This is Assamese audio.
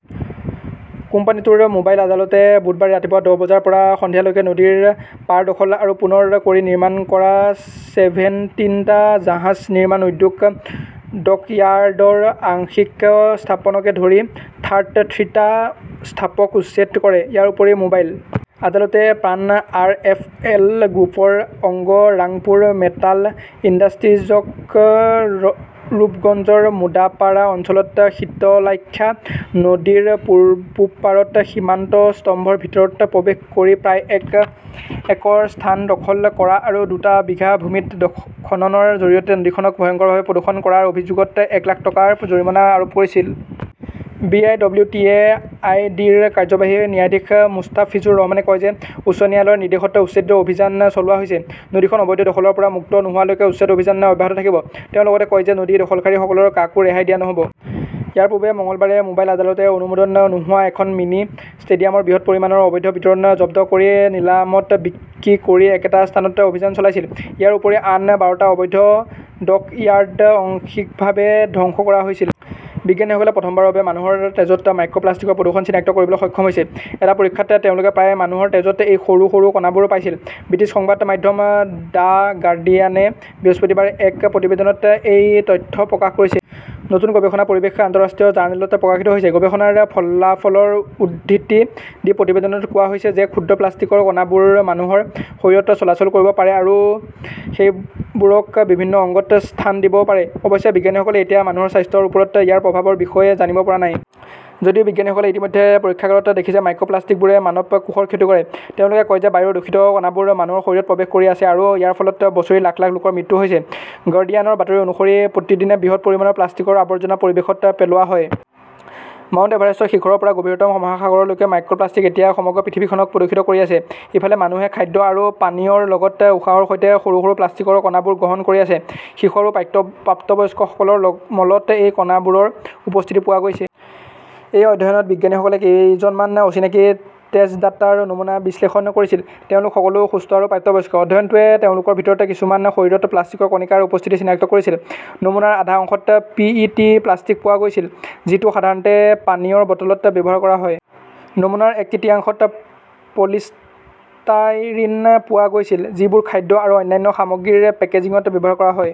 কোম্পানীটোৰ মোবাইল আদালতে বুধবাৰে ৰাতিপুৱা দহ বজাৰ পৰা সন্ধিয়ালৈকে নদীৰ পাৰ দখল আৰু পুনৰ কৰি নিৰ্মাণ কৰা চেভেণ্টিনটা জাহাজ নিৰ্মাণ উদ্যোগ ডকয়াৰ্ডৰ আংশিকৰ স্থাপনকে ধৰি থাৰ্ট থ্ৰীটা স্থাপনক উচ্ছেদ কৰে। ইয়াৰ উপৰিও, মোবাইল আদালতে প্ৰাণ আৰ এফ এল গ্ৰুপৰ অংগ ৰাংপুৰ মেটাল ইণ্ডাষ্ট্ৰিজক ৰূপগঞ্জৰ মুদাপাৰা অঞ্চলত শীতলাক্ষ্যা নদীৰ পূবপাৰত সীমান্ত স্তম্ভৰ ভিতৰত প্ৰৱেশ কৰি প্ৰায় এক একৰ স্থান দখল কৰা আৰু দুটা বিঘা ভূমিত খননৰ জৰিয়তে নদীখনক ভয়ংকৰভাৱে প্ৰদূষণ কৰাৰ অভিযোগত এক লাখ টকাৰ জৰিমনা আৰোপ কৰিছিল। B I W T A I D ৰ কাৰ্যবাহী ন্যায়াধীশ মুস্তাফিজুৰ ৰহমানে কয় যে উচ্চ ন্যায়ালয়ৰ নিৰ্দেশত উচ্ছেদ অভিযান চলোৱা হৈছে। নদীখন অবৈধ দখলৰ পৰা মুক্ত নোহোৱালৈকে উচ্ছেদ অভিযান অব্যাহত থাকিব। তেওঁ লগতে কয় যে নদী দখলকাৰীসকলৰ কাকো ৰেহাই দিয়া নহ'ব। ইয়াৰ পূৰ্বে মঙলবাৰে মোবাইল আদালতে অনুমোদন নোহোৱা এখন মিনি ষ্টেডিয়ামৰ বৃহৎ পৰিমাণৰ অবৈধ বিতৰণ জব্দ কৰি নিলামত বিক্ৰী কৰি একেটা স্থানত অভিযান চলাইছিল। ইয়াৰ উপৰিও আন বাৰটা অবৈধ ডকয়াৰ্ড অঙশিকভাৱে ধ্বংস কৰা হৈছিল। বিজ্ঞানীসকলে প্ৰথমবাৰৰ বাবে মানুহৰ তেজত মাইক্ৰ প্লাষ্টিকৰ প্ৰদূষণ চিনাক্ত কৰিবলৈ সক্ষম হৈছে। এটা পৰীক্ষাত তেওঁলোকে প্ৰায় মানুহৰ তেজত এই সৰু, সৰু কণাবোৰ পাইছিল। ব্ৰিটিছ সংবাদ মাধ্যম, ডা গাৰ্ডিয়ানে বৃহস্পতিবাৰে এক প্ৰতিবেদনত এই তথ্য প্ৰকাশ কৰিছে। নতুন গৱেষণা পৰিৱেশ আন্তঃৰাষ্ট্ৰীয় জাৰ্নেলত প্ৰকাশিত হৈছে। গৱেষণাৰ ফলাফলৰ উদ্ধৃতি দি প্ৰতিবেদনত কোৱা হৈছে, যে ক্ষুদ্ৰ প্লাষ্টিকৰ কণাবোৰ মানুহৰ শৰীৰত চলাচল কৰিব পাৰে আৰু সেইবোৰক বিভিন্ন অংগত স্থান দিব পাৰে। অৱশ্যে, বিজ্ঞানীসকলে এতিয়াও মানুহৰ স্বাস্থ্যৰ ওপৰত ইয়াৰ প্ৰভাৱৰ বিষয়ে জানিব পৰা নাই। যদিও বিজ্ঞানীসকলে ইতিমধ্যে পৰীক্ষাগাৰত দেখিছে, মাইক্ৰ প্লাষ্টিকবোৰে মানৱ কোষৰ ক্ষতি কৰে। তেওঁলোকে কয় যে বায়ুৰ দূষিত কণাবোৰ মানুহৰ শৰীৰত প্ৰৱেশ কৰি আছে আৰু ইয়াৰ ফলত বছৰি লাখ লাখ লোকৰ মৃত্যু হৈছে। গৰ্ডিয়ানৰ বাতৰি অনুসৰি প্ৰতিদিনে বৃহৎ পৰিমাণৰ প্লাষ্টিকৰ আৱৰ্জনা পৰিৱেশত পেলোৱা হয়। মাউণ্ট এভাৰেষ্টৰ শিখৰৰ পৰা গভীৰতম মহাসাগৰলৈকে মাইক্ৰ প্লাষ্টিক এতিয়া সমগ্ৰ পৃথিৱীখনক প্ৰদূষিত কৰি আছে। ইফালে মানুহে খাদ্য আৰু পানীয়ৰ লগতে উশাহৰ সৈতে সৰু সৰু প্লাষ্টিকৰ কণাবোৰ গ্ৰহণ কৰি আছে। শিশু আৰু প্ৰাপ্তবয়স্কসকলৰ মলত এই কণাবোৰৰ উপস্থিতি পোৱা গৈছে। এই অধ্যয়নত বিজ্ঞানীসকলে কেইজনমান অচিনাকি তেজদাতাৰ নমুনা বিশ্লেষণ কৰিছিল। তেওঁলোক সকলো সুস্থ আৰু প্ৰাপ্তবয়স্ক। অধ্যয়নটোৱে তেওঁলোকৰ ভিতৰত কিছুমানৰ শৰীৰত প্লাষ্টিকৰ কণিকাৰ উপস্থিতি চিনাক্ত কৰিছিল। নমুনাৰ আধা অংশত পি ই টি প্লাষ্টিক পোৱা গৈছিল, যিটো সাধাৰণতে পানীয়ৰ বটলত ব্যৱহাৰ কৰা হয়। নমুনাৰ এক তৃতীয়াংশত পলিষ্টাইৰিন পোৱা গৈছিল, যিবোৰ খাদ্য আৰু অন্যান্য সামগ্ৰীৰ পেকেজিঙত ব্যৱহাৰ কৰা হয়।